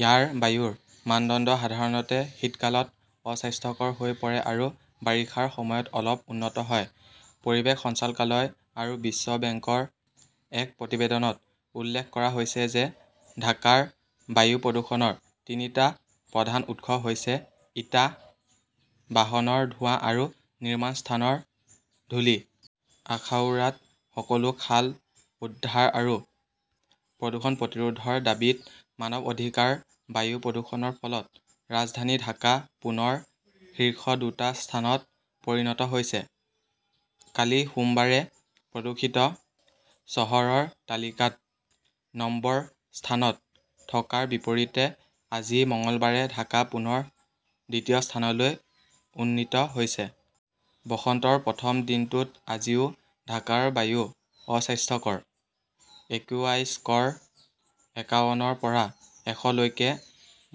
ইয়াৰ বায়ুৰ মানদণ্ড সাধাৰণতে শীতকালত অস্বাস্থ্যকৰ হৈ পৰে আৰু বাৰিষাৰ সময়ত অলপ উন্নত হয়। পৰিৱেশ সঞ্চালকালয় আৰু বিশ্ব বেংকৰ এক প্ৰতিবেদনত উল্লেখ কৰা হৈছিল যে, ঢাকাৰ বায়ু প্ৰদূষণৰ তিনিটা প্ৰধান উৎস হৈছে ইটা, বাহনৰ ধোঁৱা আৰু নিৰ্মাণ স্থানৰ ধূলি। আখাউৰাত সকলো খাল উদ্ধাৰ আৰু প্ৰদূষণ প্ৰতিৰোধৰ দাবীত মানৱ অধিকাৰ বায়ু প্ৰদূষণৰ ফলত ৰাজধানী ঢাকা পুনৰ শীৰ্ষ দুটা স্থানত পৰিণত হৈছে। কালি সোমবাৰে প্ৰদূষিত চহৰৰ তালিকাত নম্বৰ স্থানত থকাৰ বিপৰীতে আজি মঙলবাৰে ঢাকা পুনৰ দ্বিতীয় স্থানলৈ উন্নীত হৈছে। বসন্তৰ প্ৰথম দিনটোত আজিও ঢাকাৰ বায়ু অস্বাস্থ্যকৰ। একিউআই স্ক'ৰ একাৱনৰ পৰা এশলৈকে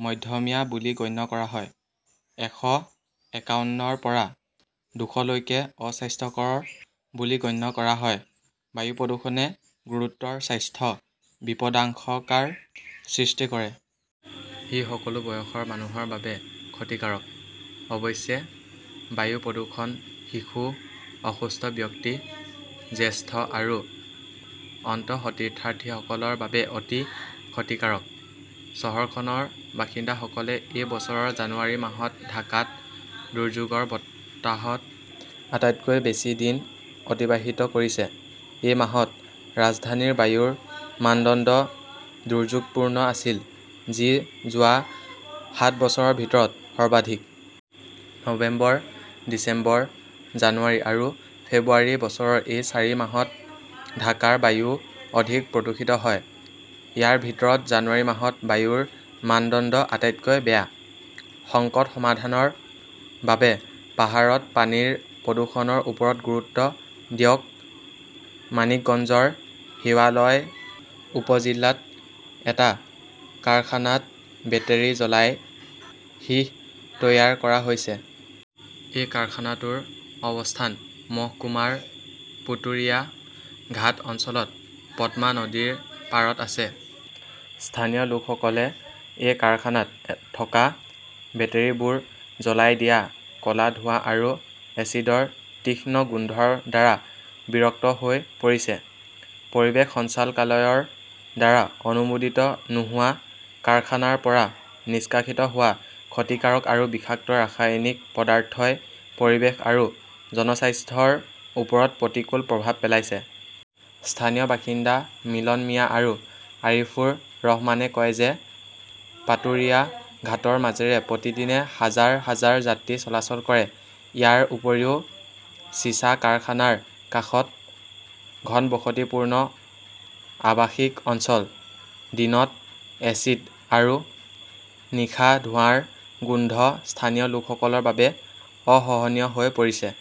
মধ্যমীয়া বুলি গণ্য কৰা হয়। এশ একাৱনৰ পৰা দুশলৈকে অস্বাস্থ্যকৰ বুলি গণ্য কৰা হয়। বায়ু প্ৰদূষণে গুৰুতৰ স্বাস্থ্য বিপদাশংকাৰ সৃষ্টি কৰে। ই সকলো বয়সৰ মানুহৰ বাবে ক্ষতিকাৰক। অৱশ্যে, বায়ু প্ৰদূষণ শিশু, অসুস্থ ব্যক্তি, জ্যেষ্ঠ আৰু অন্তসত্ত্বাৰ্থীসকলৰ বাবে অতি ক্ষতিকাৰক। চহৰখনৰ বাসিন্দাসকলে এই বছৰৰ জানুৱাৰী মাহত ঢাকাত দুৰ্যোগৰ বতাহত আটাইতকৈ বেছি দিন অতিবাহিত কৰিছে। এই মাহত ৰাজধানীৰ বায়ুৰ মানদণ্ড দুৰ্যোগপূৰ্ণ আছিল, যি যোৱা সাত বছৰৰ ভিতৰত সৰ্বাধিক। নৱেম্বৰ, ডিচেম্বৰ, জানুৱাৰী আৰু ফেব্ৰুৱাৰী বছৰৰ এই চাৰি মাহত ঢাকাৰ বায়ু অধিক প্ৰদূষিত হয়। ইয়াৰ ভিতৰত জানুৱাৰী মাহত বায়ুৰ মানদণ্ড আটাইতকৈ বেয়া। সংকট সমাধানৰ বাবে পাহাৰত পানীৰ প্ৰদূষণৰ ওপৰত গুৰুত্ব দিয়ক মানিকগঞ্জৰ শিৱালয় উপজিল্লাত এটা কাৰখানাত বেটাৰি জ্বলাই সীহ তৈয়াৰ কৰা হৈছে। এই কাৰখানাটোৰ অৱস্থান মহকুমাৰ পটুৰিয়া ঘাট অঞ্চলত পদ্মা নদীৰ পাৰত আছে। স্থানীয় লোকসকলে এই কাৰখানাত থকা বেটাৰিবোৰ জ্বলাই দিয়া ক 'লা ধোঁৱা আৰু এচিডৰ তীক্ষ্ণ গোন্ধৰ দ্বাৰা বিৰক্ত হৈ পৰিছে। পৰিৱেশ সঞ্চালকালয়ৰ দ্বাৰা অনুমোদিত নোহোৱা কাৰখানাৰ পৰা নিষ্কাশিত হোৱা ক্ষতিকাৰক আৰু বিষাক্ত ৰাসায়নিক পদাৰ্থই পৰিৱেশ আৰু জনস্বাস্থ্যৰ ওপৰত প্ৰতিকূল প্ৰভাৱ পেলাইছে। স্থানীয় বাসিন্দা মিলন মিয়া আৰু আৰিফুৰ ৰহমানে কয় যে, পাটৌৰিয়া ঘাটৰ মাজেৰে প্ৰতিদিনে হাজাৰ হাজাৰ যাত্ৰী চলাচল কৰে। ইয়াৰ উপৰিও চিছা কাৰখানাৰ কাষত ঘনবসতিপূৰ্ণ আৱাসিক অঞ্চল। দিনত এচিড আৰু নিশা ধোঁৱাৰ গোন্ধ স্থানীয় লোকসকলৰ বাবে অসহনীয় হৈ পৰিছে।